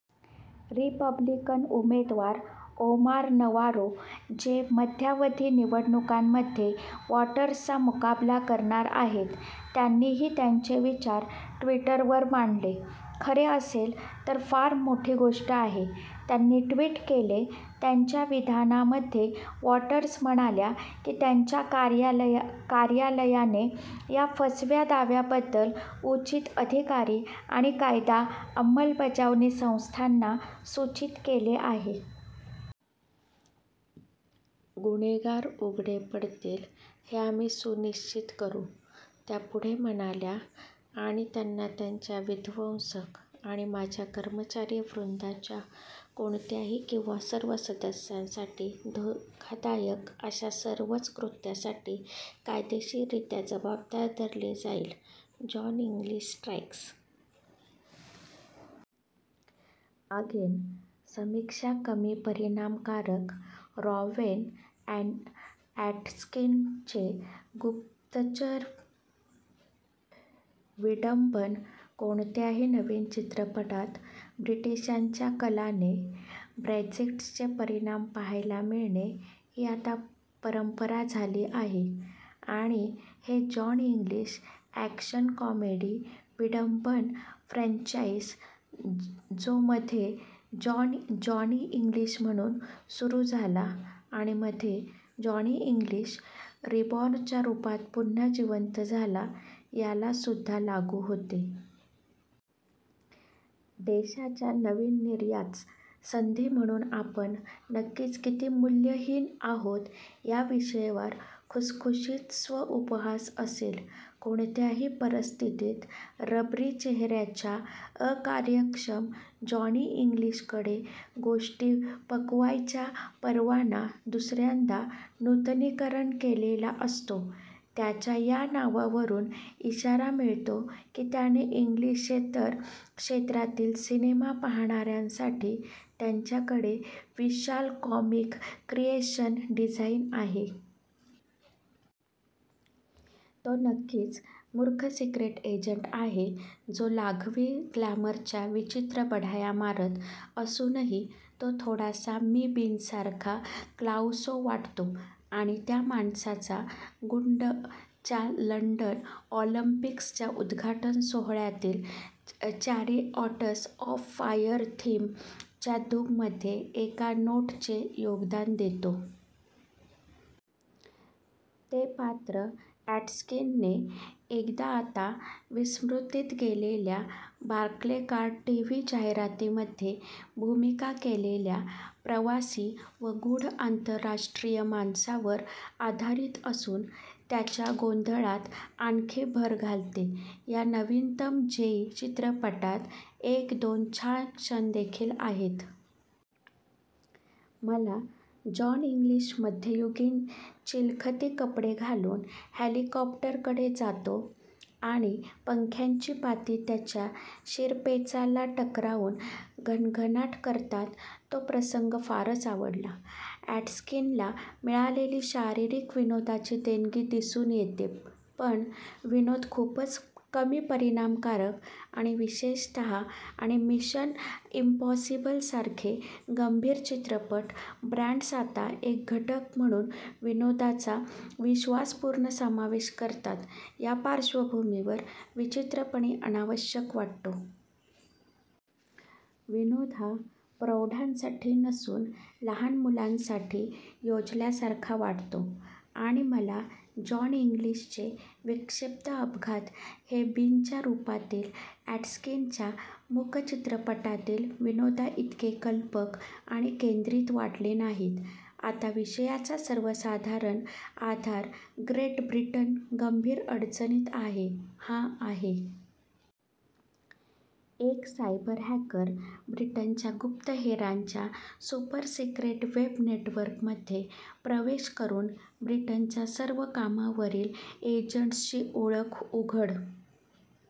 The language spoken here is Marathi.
रिपब्लिकन उमेदवार ओमार नवारो, जे मध्यावधी निवडणूकांमध्ये वाटर्सचा मुकाबला करणार आहेत, त्यांनीही त्यांचे विचार ट्विटरवर मांडले. "खरे असेल तर फार मोठी गोष्ट आहे," त्यांनी ट्विट केले. त्यांच्या विधानामध्ये वॉटर्स म्हणाल्या की त्यांच्या कार्यालयाने "या फसव्या दाव्यांबद्दल उचित अधिकारी आणि कायदा अंमलबजावणी संस्थांना सूचित केले आहे. "गुन्हेगार उघडे पडतील हे आम्ही सुनिश्चित करू," त्या पुढे म्हणाल्या, "आणि त्यांना त्यांच्या विध्वंसक आणि माझ्या कर्मचारीवृंदाच्या कोणत्याही किंवा सर्वच सदस्यांसाठी धोकादायक अशा सर्वच कृत्यांसाठी कायदेशीररित्या जबाबदार धरले जाईल. " जॉन इंग्लिश स्ट्राइक्स अगेन समीक्षा कमी परिणामकारक रोवॅन अॅटकिन्सनचे गुप्तचर विडंबन कोणत्याही नवीन चित्रपटात ब्रिटिशांच्या कलाने ब्रेक्झिटचे परिणाम पहायला मिळणे ही आता परंपरा झाली आहे आणि हे जॉनी इंग्लिश अॅक्शन-कॉमेडी विडंबन फ्रँचाइज जो मध्ये जॉनी इंग्लिश म्हणून सुरु झाला आणि मध्ये जॉनी इंग्लिश रिबॉर्नच्या रूपात पुन्हा जीवंत झाला, याला सुद्धा लागू होते. देशाच्या नवीन निर्यात संधी म्हणून आपण नक्कीच किती मूल्यहीन आहोत या विषयावर खुसखुशीत स्व-उपहास असेल? कोणत्याही परिस्थितीत, रबरी चेहऱ्याच्या अकार्यक्षम जॉनी इंग्लिशकडे गोष्टी पकवायचा परवाना दुसऱ्यांदा नूतनीकरण केलेला असतो त्याच्या त्या नावावरून इशारा मिळतो की त्याने इंग्लिशेतर क्षेत्रांतील सिनेमा पाहणाऱ्यांसाठी त्याच्याकडे विशाल कॉमिक क्रिएशन डिझाइन आहे. तो नक्कीच मूर्ख सिक्रेट एजंट आहे जो लाघवी ग्लॅमरच्या विचित्र बढाया मारत असूनही तो थोडासा मि. बीनसारखा क्लाउसो वाटतो आणि त्या माणसाचा गुंड च्या लंडन ऑलिंपिक्सच्या उद्घाटन सोहळ्यातील चॅरिऑट्स ऑफ फायर थीम च्या धूनमध्ये एका नोटचे योगदान देतो. ते पात्र अॅटकिन्सनने एकदा आता विस्मृतीत गेलेल्या बार्क्लेकार्ड टीव्ही जाहिरातींमध्ये भूमिका केलेल्या प्रवासी व गूढ आंतरराष्ट्रीय माणसावर आधारित असून त्याच्या गोंधळात आणखी भर घालते. या नवीनतम जेई चित्रपटात एक-दोन छान क्षण देखील आहेत. मला जॉन इंग्लिश मध्ययुगीन चिलखती कपडे घालून हेलिकॉप्टरकडे जातो आणि पंख्यांची पाती त्याच्या शिरपेचाला टकरावून घणघणाट करतात तो प्रसंग फारच आवडला. अॅटकिन्सला मिळालेली शारीरिक विनोदाची देणगी दिसून येते पण, विनोद खूपच कमी परिणामकारक आणि विशेषतः आणि मिशन इम्पॉसिबल सारखे "गंभीर" चित्रपट ब्रँड्स आता एक घटक म्हणून विनोदाचा विश्वासपूर्ण समावेश करतात त्या पार्श्वभूमीवर विचित्रपणे अनावश्यक वाटतो. विनोद हा प्रौढांसाठी नसून लहान मुलांसाठी योजल्यासारखा वाटतो आणि मला जॉनी इंग्लिशचे विक्षिप्त अपघात हे बीनच्या रूपातील अॅटकिन्सनच्या मूक-चित्रपटातील विनोदांइतके कल्पक आणि केंद्रित वाटले नाहीत. आता विषयाचा सर्वसाधारण आधार ग्रेट ब्रिटन गंभीर अडचणीत आहे हा आहे. एक सायबर-हॅकर ब्रिटनच्या गुप्तहेरांच्या सुपर-सिक्रेट वेब नेटवर्कमध्ये प्रवेश करून ब्रिटनच्या सर्व कामावरील एजंट्सची ओळख उघड